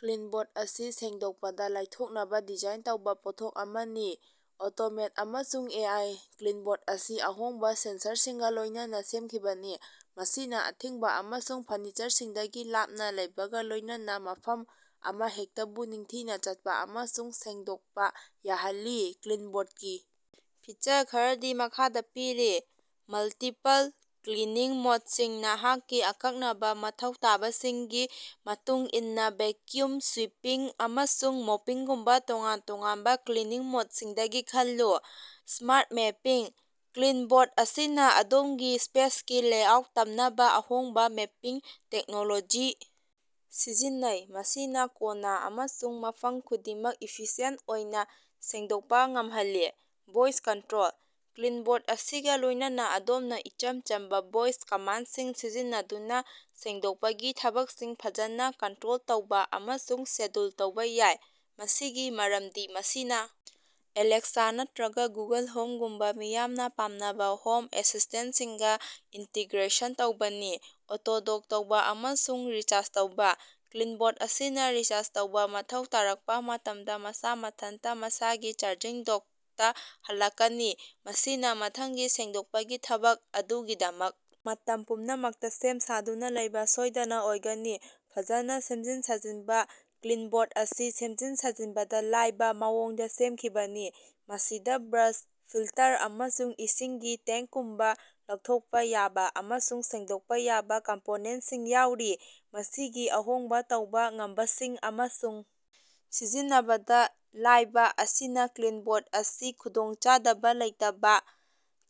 ꯀ꯭ꯂꯤꯟꯕꯣꯠ ꯑꯁꯤ ꯁꯦꯡꯗꯣꯛꯄꯗ ꯂꯥꯏꯊꯣꯛꯅꯕ ꯗꯤꯖꯥꯏꯟ ꯇꯧꯕ ꯄꯣꯠꯊꯣꯛ ꯑꯃꯅꯤ꯫ ꯑꯣꯇꯣꯃꯦꯇꯦꯗ ꯑꯃꯁꯨꯡ ꯑꯦ. ꯑꯥꯏ. ꯀ꯭ꯂꯤꯟꯕꯣꯠ ꯑꯁꯤ ꯑꯍꯣꯡꯕ ꯁꯦꯟꯁꯔꯁꯤꯡꯒ ꯂꯣꯏꯅꯅ ꯁꯦꯝꯈꯤꯕꯅꯤ꯫ ꯃꯁꯤꯅ ꯑꯊꯤꯡꯕ ꯑꯃꯁꯨꯡ ꯐꯔꯅꯤꯆꯔꯁꯤꯡꯗꯒꯤ ꯂꯥꯞꯅ ꯂꯩꯕꯒ ꯂꯣꯏꯅꯅ ꯃꯐꯝ ꯑꯃꯍꯦꯛꯇꯕꯨ ꯅꯤꯡꯊꯤꯅ ꯆꯠꯄ ꯑꯃꯁꯨꯡ ꯁꯦꯡꯗꯣꯛꯄ ꯌꯥꯍꯜꯂꯤ꯫ ꯀ꯭ꯂꯤꯟꯕꯣꯠꯀꯤ ꯐꯤꯆꯔ ꯈꯔꯗꯤ ꯃꯈꯥꯗ ꯄꯤꯔꯤ: ꯃꯜꯇꯤꯄꯜ ꯀ꯭ꯂꯤꯅꯤꯡ ꯃꯣꯗꯁꯤꯡ: ꯅꯍꯥꯛꯀꯤ ꯑꯀꯛꯅꯕ ꯃꯊꯧ ꯇꯥꯕꯁꯤꯡꯒꯤ ꯃꯇꯨꯡ ꯏꯟꯅ- ꯚꯦꯀ꯭ꯌꯨꯝ, ꯁ꯭ꯋꯤꯄꯤꯡ, ꯑꯃꯁꯨꯡ ꯃꯣꯄꯤꯡꯒꯨꯝꯕ ꯇꯣꯉꯥꯟ ꯇꯣꯉꯥꯟꯕ ꯀ꯭ꯂꯤꯅꯤꯡ ꯃꯣꯗꯁꯤꯡꯗꯒꯤ ꯈꯜꯂꯨ꯫ ꯁ꯭ꯃꯥꯔꯠ ꯃꯦꯄꯤꯡ: ꯀ꯭ꯂꯤꯟꯕꯣꯠ ꯑꯁꯤꯅ ꯑꯗꯣꯝꯒꯤ ꯁ꯭ꯄꯦꯁꯀꯤ ꯂꯦꯑꯥꯎꯠ ꯇꯝꯅꯕ ꯑꯍꯣꯡꯕ ꯃꯦꯄꯤꯡ ꯇꯦꯛꯅꯣꯂꯣꯖꯤ ꯁꯤꯖꯤꯟꯅꯩ꯫ ꯃꯁꯤꯅ ꯀꯣꯟꯅ ꯑꯃꯁꯨꯡ ꯃꯐꯝ ꯈꯨꯗꯤꯡꯃꯛ ꯏꯐꯤꯁꯤꯌꯦꯟꯇ ꯑꯣꯏꯅ ꯁꯦꯡꯗꯣꯛꯄ ꯉꯝꯍꯜꯂꯤ꯫ ꯚꯣꯏꯁ ꯀꯟꯇ꯭ꯔꯣꯜ: ꯀ꯭ꯂꯤꯟꯕꯣꯠ ꯑꯁꯤꯒ ꯂꯣꯏꯅꯅ ꯑꯗꯣꯝꯅ ꯏꯆꯝ ꯆꯝꯕ ꯚꯣꯏꯁ ꯀꯃꯥꯟꯗꯁꯤꯡ ꯁꯤꯖꯤꯟꯅꯗꯨꯅ ꯁꯦꯡꯗꯣꯛꯄꯒꯤ ꯊꯕꯛꯁꯤꯡ ꯐꯖꯟꯅ ꯀꯟꯇ꯭ꯔꯣꯜ ꯇꯧꯕ ꯑꯃꯁꯨꯡ ꯁꯦꯗ꯭ꯌꯨꯜ ꯇꯧꯕ ꯌꯥꯏ꯫ ꯃꯁꯤꯒꯤ ꯃꯔꯝꯗꯤ ꯃꯁꯤꯅ ꯑꯦꯂꯦꯛꯁꯥ ꯅꯠꯇ꯭ꯔꯒ ꯒꯨꯒꯜ ꯍꯣꯝꯒꯨꯝꯕ ꯃꯤꯌꯥꯝꯅ ꯄꯥꯝꯅꯕ ꯍꯣꯝ ꯑꯦꯁꯤꯁ꯭ꯇꯦꯟꯇꯁꯤꯡꯒ ꯏꯟꯇꯤꯒ꯭ꯔꯦꯁꯟ ꯇꯧꯕꯅꯤ꯫ ꯑꯣꯇꯣ-ꯗꯣꯛ ꯇꯧꯕ ꯑꯃꯁꯨꯡ ꯔꯤꯆꯥꯔꯖ ꯇꯧꯕ: ꯀ꯭ꯂꯤꯟꯕꯣꯠ ꯑꯁꯤꯅ ꯔꯤꯆꯥꯔꯖ ꯇꯧꯕ ꯃꯊꯧ ꯇꯥꯔꯛꯄ ꯃꯇꯝꯗ ꯃꯁꯥ ꯃꯊꯟꯇ ꯃꯁꯥꯒꯤ ꯆꯥꯔꯖꯤꯡ ꯗꯣꯛꯇ ꯍꯜꯂꯛꯀꯅꯤ꯫ ꯃꯁꯤꯅ ꯃꯊꯪꯒꯤ ꯁꯦꯡꯗꯣꯛꯄꯒꯤ ꯊꯕꯛ ꯑꯗꯨꯒꯤꯗꯃꯛ ꯃꯇꯝ ꯄꯨꯝꯅꯃꯛꯇ ꯁꯦꯝ ꯁꯥꯗꯨꯅ ꯂꯩꯕ ꯁꯣꯏꯗꯅ ꯑꯣꯏꯒꯅꯤ꯫ ꯐꯖꯟꯅ ꯁꯦꯝꯖꯤꯟ-ꯁꯥꯖꯤꯟꯕ: ꯀ꯭ꯂꯤꯟꯕꯣꯠ ꯑꯁꯤ ꯁꯦꯝꯖꯤꯟ-ꯁꯥꯖꯤꯟꯕꯗ ꯂꯥꯏꯕ ꯃꯑꯣꯡꯗ ꯁꯦꯝꯈꯤꯕꯅꯤ꯫ ꯃꯁꯤꯗ ꯕ꯭ꯔꯁ, ꯐꯤꯜꯇꯔ, ꯑꯃꯁꯨꯡ ꯏꯁꯤꯡꯒꯤ ꯇꯦꯡꯀꯒꯨꯝꯕ ꯂꯧꯊꯣꯛꯄ ꯌꯥꯕ ꯑꯃꯁꯨꯡ ꯁꯦꯡꯗꯣꯛꯄ ꯌꯥꯕ ꯀꯝꯄꯣꯅꯦꯟꯇꯁꯤꯡ ꯌꯥꯎꯔꯤ꯫ ꯃꯁꯤꯒꯤ ꯑꯍꯣꯡꯕ ꯇꯧꯕ ꯉꯝꯕꯁꯤꯡ ꯑꯃꯁꯨꯡ ꯁꯤꯖꯤꯟꯅꯕꯗ ꯂꯥꯏꯕ ꯑꯁꯤꯅ ꯀ꯭ꯂꯤꯟꯕꯣꯠ ꯑꯁꯤ ꯈꯨꯗꯣꯡꯆꯥꯗꯕ ꯂꯩꯇꯕ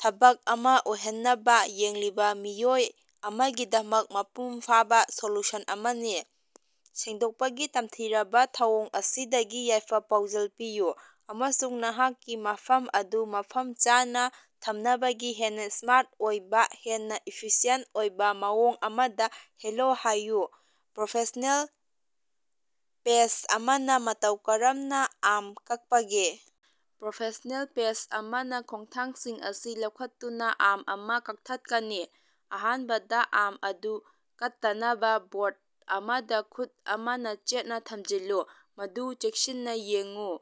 ꯊꯕꯛ ꯑꯃꯥ ꯑꯣꯏꯍꯟꯅꯕ ꯌꯦꯡꯂꯤꯕ ꯃꯤꯑꯣꯏ ꯑꯃꯒꯤꯗꯃꯛ ꯃꯄꯨꯡ ꯐꯥꯕ ꯁꯣꯂꯨꯁꯟ ꯑꯃꯅꯤ꯫ ꯁꯦꯡꯗꯣꯛꯄꯒꯤ ꯇꯝꯊꯤꯔꯕ ꯊꯧꯑꯣꯡ ꯑꯁꯤꯗꯒꯤ ꯌꯥꯏꯐ-ꯄꯥꯎꯖꯦꯜ ꯄꯤꯌꯨ ꯑꯃꯁꯨꯡ ꯅꯍꯥꯛꯀꯤ ꯃꯐꯝ ꯑꯗꯨ ꯃꯐꯝ ꯆꯥꯅ ꯊꯝꯅꯕꯒꯤ ꯍꯦꯟꯅ ꯁ꯭ꯃꯥꯔꯠ ꯑꯣꯏꯕ, ꯍꯦꯟꯅ ꯏꯐꯤꯁꯤꯌꯦꯟꯇ ꯑꯣꯏꯕ ꯃꯑꯣꯡ ꯑꯃꯗ ꯍꯦꯂꯣ ꯍꯥꯏꯌꯨ꯫ ꯄ꯭ꯔꯣꯐꯦꯁ꯭ꯅꯦꯜ ꯆꯦꯐ ꯑꯃꯅ ꯃꯇꯧ ꯀꯔꯝꯅ ꯑꯥꯝ ꯀꯛꯄꯒꯦ? ꯄ꯭ꯔꯣꯐꯦꯁ꯭ꯅꯦꯜ ꯄꯦꯁ ꯑꯃꯅ ꯈꯣꯡꯊꯥꯡꯁꯤꯡ ꯑꯁꯤ ꯂꯧꯈꯠꯇꯨꯅ ꯑꯥꯝ ꯑꯃꯥ ꯀꯛꯊꯠꯀꯅꯤ꯫ ꯑꯍꯥꯟꯕꯗ ꯑꯥꯝ ꯑꯗꯨ ꯀꯠꯇꯅꯕ ꯕꯣꯔꯗ ꯑꯃꯗ ꯈꯨꯠ ꯑꯃꯅ ꯆꯦꯠꯅ ꯊꯝꯖꯤꯜꯂꯨ꯫ ꯃꯗꯨ ꯆꯦꯛꯁꯤꯟꯅ ꯌꯦꯡꯎ,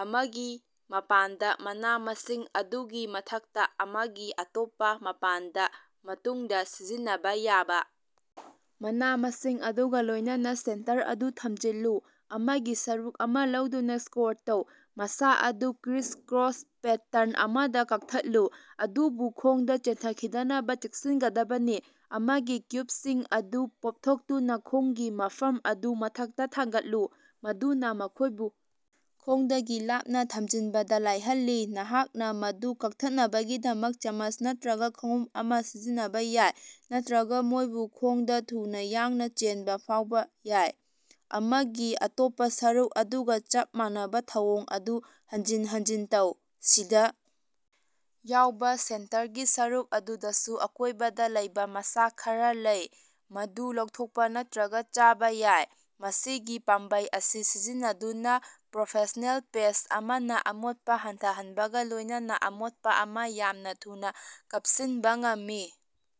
ꯑꯃꯒꯤ ꯃꯄꯥꯟꯗ, ꯃꯅꯥ-ꯃꯁꯤꯡ ꯑꯗꯨꯒꯤ ꯃꯊꯛꯇ꯫ ꯑꯃꯒꯤ ꯑꯇꯣꯞꯄ ꯃꯄꯥꯟꯗ, ꯃꯇꯨꯡꯗ ꯁꯤꯖꯤꯟꯅꯕ ꯌꯥꯕ ꯃꯅꯥ-ꯃꯁꯤꯡ ꯑꯗꯨꯒ ꯂꯣꯏꯅꯅ ꯁꯦꯟꯇꯔ ꯑꯗꯨ ꯊꯝꯖꯤꯜꯂꯨ꯫ ꯑꯃꯒꯤ ꯁꯔꯨꯛ ꯑꯃꯥ ꯂꯧꯗꯨꯅ ꯁ꯭ꯀꯣꯔ ꯇꯧ, ꯃꯁꯥ ꯑꯗꯨ ꯀ꯭ꯔꯤꯁ-ꯀ꯭ꯔꯣꯁ ꯄꯦꯇꯔꯟ ꯑꯃꯗ ꯀꯛꯊꯠꯂꯨ ꯑꯗꯨꯕꯨ ꯈꯣꯡꯗ ꯆꯦꯟꯊꯈꯤꯗꯅꯕ ꯆꯦꯛꯁꯤꯟꯒꯗꯕꯅꯤ꯫ ꯑꯃꯒꯤ ꯀ꯭ꯌꯨꯕꯁꯤꯡ ꯑꯗꯨ ꯄꯣꯞꯊꯣꯛꯇꯨꯅ ꯈꯣꯡꯒꯤ ꯃꯐꯝ ꯑꯗꯨ ꯃꯊꯛꯇ ꯊꯥꯡꯒꯠꯂꯨ꯫ ꯃꯗꯨꯅ ꯃꯈꯣꯏꯕꯨ ꯈꯣꯡꯗꯒꯤ ꯂꯥꯞꯅ ꯊꯝꯖꯤꯟꯕꯗ ꯂꯥꯏꯍꯜꯂꯤ꯫ ꯅꯍꯥꯛꯅ ꯃꯗꯨ ꯀꯛꯊꯠꯅꯕꯒꯤꯗꯃꯛ ꯆꯃꯆ ꯅꯠꯇ꯭ꯔꯒ ꯈꯣꯡꯎꯞ ꯑꯃꯥ ꯁꯤꯖꯤꯟꯅꯕ ꯌꯥꯏ ꯅꯠꯇ꯭ꯔꯒ ꯃꯈꯣꯏꯕꯨ ꯈꯣꯡꯗꯥ ꯊꯨꯅ ꯌꯥꯡꯅ ꯆꯦꯟꯕ ꯐꯥꯎꯕ ꯌꯥꯏ꯫ ꯑꯃꯒꯤ ꯑꯇꯣꯞꯄ ꯁꯔꯨꯛ ꯑꯗꯨꯒ ꯆꯞ ꯃꯥꯟꯅꯕ ꯊꯧꯑꯣꯡ ꯑꯗꯨ ꯍꯟꯖꯤꯟ ꯍꯟꯖꯤꯟ ꯇꯧ꯫ ꯁꯤꯗ ꯌꯥꯎꯕ ꯁꯦꯟꯇꯔꯒꯤ ꯁꯔꯨꯛ ꯑꯗꯨꯗꯁꯨ ꯑꯀꯣꯏꯕꯗ ꯂꯩꯕ ꯃꯁꯥ ꯈꯔ ꯂꯩ, ꯃꯗꯨ ꯂꯧꯊꯣꯛꯄ ꯅꯠꯇ꯭ꯔꯒ ꯆꯥꯕ ꯌꯥꯏ꯫ ꯃꯁꯤꯒꯤ ꯄꯥꯝꯕꯩ ꯑꯁꯤ ꯁꯤꯖꯤꯟꯅꯗꯨꯅ ꯄ꯭ꯔꯣꯐꯦꯁ꯭ꯅꯦꯜ ꯆꯦꯐ ꯑꯃꯅ ꯑꯃꯣꯠꯄ ꯍꯟꯊꯍꯟꯕꯒ ꯂꯣꯏꯅꯅ ꯑꯃꯣꯠꯄ ꯑꯃꯥ ꯌꯥꯝꯅ ꯊꯨꯅ ꯀꯥꯞꯁꯤꯟꯕ ꯉꯝꯃꯤ꯫